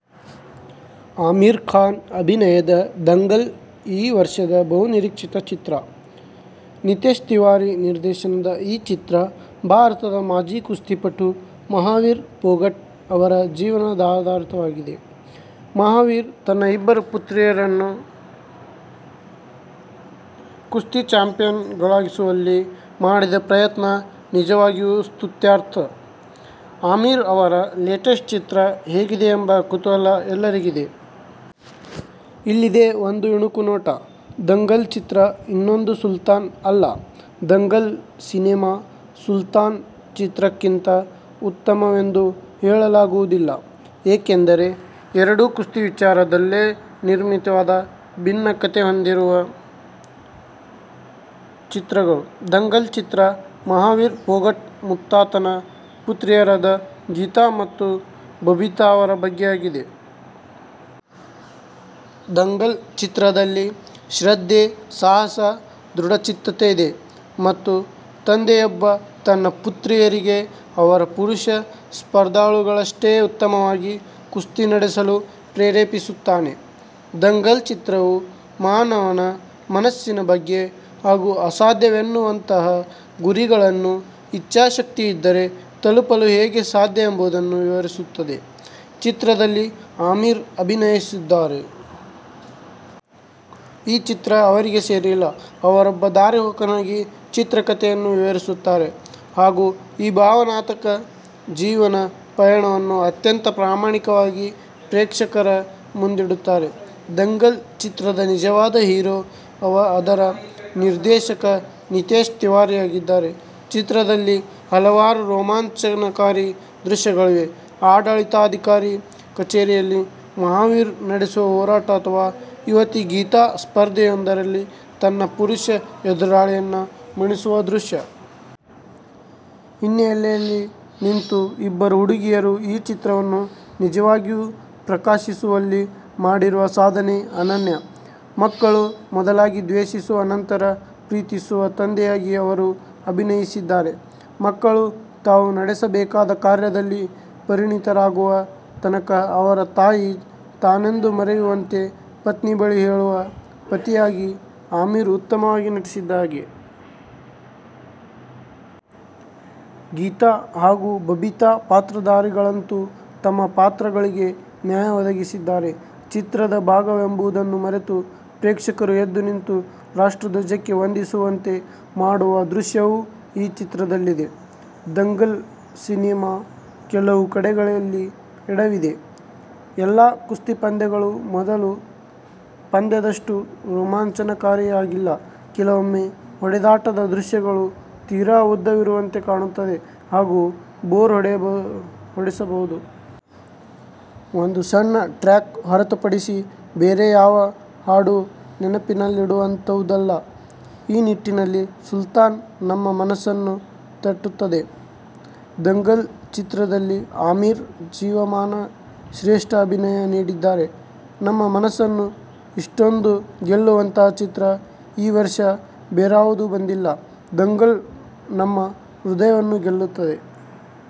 ಆಮಿರ್ ಖಾನ್ ಅಭಿನಯದ ದಂಗಲ್ ಈ ವರ್ಷದ ಬಹುನಿರೀಕ್ಷಿತ ಚಿತ್ರ. ನಿತೇಶ್ ತಿವಾರಿ ನಿರ್ದೇಶನದ ಈ ಚಿತ್ರ ಭಾರತದ ಮಾಜಿ ಕುಸ್ತಿಪಟು ಮಹಾವೀರ್ ಫೋಗಟ್ ಅವರ ಜೀವನಾಧರಿತವಾಗಿದೆ. ಮಹಾವೀರ್ ತನ್ನ ಇಬ್ಬರು ಪುತ್ರಿಯರನ್ನು ಕುಸ್ತಿ ಚಾಂಪಿಯನ್ ಗಳಾಗಿಸುವಲ್ಲಿ ಮಾಡಿದ ಪ್ರಯತ್ನ ನಿಜವಾಗಿಯೂ ಸ್ತುತ್ಯಾರ್ಹ. ಆಮಿರ್ ಅವರ ಲೇಟೆಸ್ಟ್ ಚಿತ್ರ ಹೇಗಿದೆಯೆಂಬ ಕುತೂಹಲ ಎಲ್ಲರಿಗಿದೆ. ಇಲ್ಲಿದೆ ಒಂದು ಇಣುಕು ನೋಟ. ದಂಗಲ್ ಚಿತ್ರ ಇನ್ನೊಂದು ಸುಲ್ತಾನ್ ಅಲ್ಲ. ದಂಗಲ್ ಸಿನೆಮಾ ಸುಲ್ತಾನ್ ಚಿತ್ರಕ್ಕಿಂತ ಉತ್ತಮವೆಂದೂ ಹೇಳಲಾಗುವುದಿಲ್ಲ. ಏಕೆಂದರೆ ಎರಡೂ ಕುಸ್ತಿ ವಿಚಾರದಲ್ಲೇ ನಿರ್ಮಿತವಾದ ಭಿನ್ನ ಕಥೆ ಹೊಂದಿರುವ ಚಿತ್ರಗಳು. ದಂಗಲ್ ಚಿತ್ರ ಮಹಾವೀರ್ ಫೋಗಟ್ ಮತ್ತಾತನ ಪುತ್ರಿಯರಾದ ಗೀತಾ ಮತ್ತು ಬಬಿತಾ ಅವರ ಬಗ್ಗೆಯಾಗಿದೆ. ದಂಗಲ್ ಚಿತ್ರದಲ್ಲಿ ಶ್ರದ್ಧೆ, ಸಾಹಸ, ದೃಢಚಿತ್ತತೆಯಿದೆ ಮತ್ತು ತಂದೆಯೊಬ್ಬ ತನ್ನ ಪುತ್ರಿಯರಿಗೆ ಅವರ ಪುರುಷ ಸ್ಪರ್ಧಾಳುಗಳಷ್ಟೇ ಉತ್ತಮವಾಗಿ ಕುಸ್ತಿ ನಡೆಸಲು ಪ್ರೇರೇಪಿಸುತ್ತಾನೆ. ದಂಗಲ್ ಚಿತ್ರವು ಮಾನವನ ಮನಸ್ಸಿನ ಬಗ್ಗೆ ಹಾಗೂ ಅಸಾಧ್ಯವೆನ್ನುವಂತಹ ಗುರಿಗಳನ್ನು ಇಚ್ಛಾಶಕ್ತಿಯಿದ್ದರೆ ತಲುಪಲು ಹೇಗೆ ಸಾಧ್ಯ ಎಂಬುದನ್ನು ವಿವರಿಸುತ್ತದೆ. ಚಿತ್ರದಲ್ಲಿ ಆಮಿರ್ ಅಭಿನಯಿಸಿದ್ದಾರೆ. ಈ ಚಿತ್ರ ಅವರಿಗೆ ಸೇರಿಲ್ಲ. ಅವರೊಬ್ಬ ದಾರಿಹೋಕನಾಗಿ ಚಿತ್ರ ಕತೆಯನ್ನು ವಿವರಿಸುತ್ತಾರೆ ಹಾಗೂ ಈ ಭಾವನಾತ್ಮಕ ಜೀವನ ಪಯಣವನ್ನು ಅತ್ಯಂತ ಪ್ರಾಮಾಣಿಕವಾಗಿ ಪ್ರೇಕ್ಷಕರ ಮುಂದಿಡುತ್ತಾರೆ. ದಂಗಲ್ ಚಿತ್ರದ ನಿಜವಾದ ಹೀರೋ ಅದರ ನಿರ್ದೇಶಕ ನಿತೇಶ್ ತಿವಾರಿಯಾಗಿದ್ದಾರೆ. ಚಿತ್ರದಲ್ಲಿ ಹಲವಾರು ರೋಮಾಂಚನಕಾರಿ ದೃಶ್ಯಗಳಿವೆ. ಆಡಳಿತಾಧಿಕಾರಿ ಕಚೇರಿಯಲ್ಲಿ ಮಹಾವೀರ್ ನಡೆಸುವ ಹೋರಾಟ ಅಥವಾ ಯುವತಿ ಗೀತಾ ಸ್ಪರ್ಧೆಯೊಂದರಲ್ಲಿ ತನ್ನ ಪುರುಷ ಎದುರಾಳಿಯನ್ನ ಮಣಿಸುವ ದೃಶ್ಯ. ಹಿನ್ನೆಲೆಯಲ್ಲಿ ನಿಂತು ಇಬ್ಬರು ಹುಡುಗಿಯರು ಈ ಚಿತ್ರವನ್ನು ನಿಜವಾಗಿಯೂ ಪ್ರಕಾಶಿಸುವಲ್ಲಿ ಮಾಡಿರುವ ಸಾಧನೆ ಅನನ್ಯ. ಮಕ್ಕಳು ಮೊದಲಾಗಿ ದ್ವೇಷಿಸುವ ನಂತರ ಪ್ರೀತಿಸುವ ತಂದೆಯಾಗಿ ಅವರು ಅಭಿನಯಿಸಿದ್ದಾರೆ. ಮಕ್ಕಳು ತಾವು ನಡೆಸಬೇಕಾದ ಕಾರ್ಯದಲ್ಲಿ ಪರಿಣತರಾಗುವ ತನಕ ಅವರ ತಾಯಿ ತಾನೆಂದು ಮರೆಯುವಂತೆ ಪತ್ನಿ ಬಳಿ ಹೇಳುವ ಪತಿಯಾಗಿ ಆಮಿರ್ ಉತ್ತಮವಾಗಿ ನಟಿಸಿದ್ದಾರೆ. ಗೀತಾ ಹಾಗೂ ಬಬಿತಾ ಪಾತ್ರಧಾರಿಗಳಂತೂ ತಮ್ಮ ಪಾತ್ರಗಳಿಗೆ ನ್ಯಾಯ ಒದಗಿಸಿದ್ದಾರೆ. ಚಿತ್ರದ ಭಾಗವೆಂಬುದನ್ನು ಮರೆತು ಪ್ರೇಕ್ಷಕರು ಎದ್ದು ನಿಂತು ರಾಷ್ಟ್ರಧ್ವಜಕ್ಕೆ ವಂದಿಸುವಂತೆ ಮಾಡುವ ದೃಶ್ಯವೂ ಈ ಚಿತ್ರದಲ್ಲಿದೆ. ದಂಗಲ್ ಸಿನೆಮಾ ಕೆಲವು ಕಡೆಗಳಲ್ಲಿ ಎಡವಿದೆ. ಎಲ್ಲಾ ಕುಸ್ತಿ ಪಂದ್ಯಗಳೂ ಮೊದಲ ಪಂದ್ಯದಷ್ಟು ರೋಮಾಂಚನಕಾರಿಯಾಗಿಲ್ಲ. ಕೆಲವೊಮ್ಮೆ ಹೊಡೆದಾಟದ ದೃಶ್ಯಗಳು ತೀರಾ ಉದ್ದವಿರುವಂತೆ ಕಾಣುತ್ತದೆ ಹಾಗೂ ಬೋರ್ ಹೊಡೆಸಬಹುದು. ಒಂದು ಸಣ್ಣ ಟ್ರ್ಯಾಕ್ ಹೊರತುಪಡಿಸಿ ಬೇರೆ ಯಾವ ಹಾಡೂ ನೆನಪಿನಲ್ಲಿಡುವಂತಹುದಲ್ಲ. ಈ ನಿಟ್ಟಿನಲ್ಲಿ ಸುಲ್ತಾನ್ ನಮ್ಮ ಮನಸ್ಸನ್ನು ತಟ್ಟುತ್ತದೆ. ದಂಗಲ್ ಚಿತ್ರದಲ್ಲಿ ಆಮಿರ್ ಜೀವಮಾನ ಶ್ರೇಷ್ಠ ಅಭಿನಯ ನೀಡಿದ್ದಾರೆ. ನಮ್ಮ ಮನಸ್ಸನ್ನು ಇಷ್ಟೊಂದು ಗೆಲ್ಲುವಂತಹ ಚಿತ್ರ ಈ ವರ್ಷ ಬೇರಾವುದೂ ಬಂದಿಲ್ಲ. ದಂಗಲ್ ನಮ್ಮ ಹೃದಯವನ್ನು ಗೆಲ್ಲುತ್ತದೆ.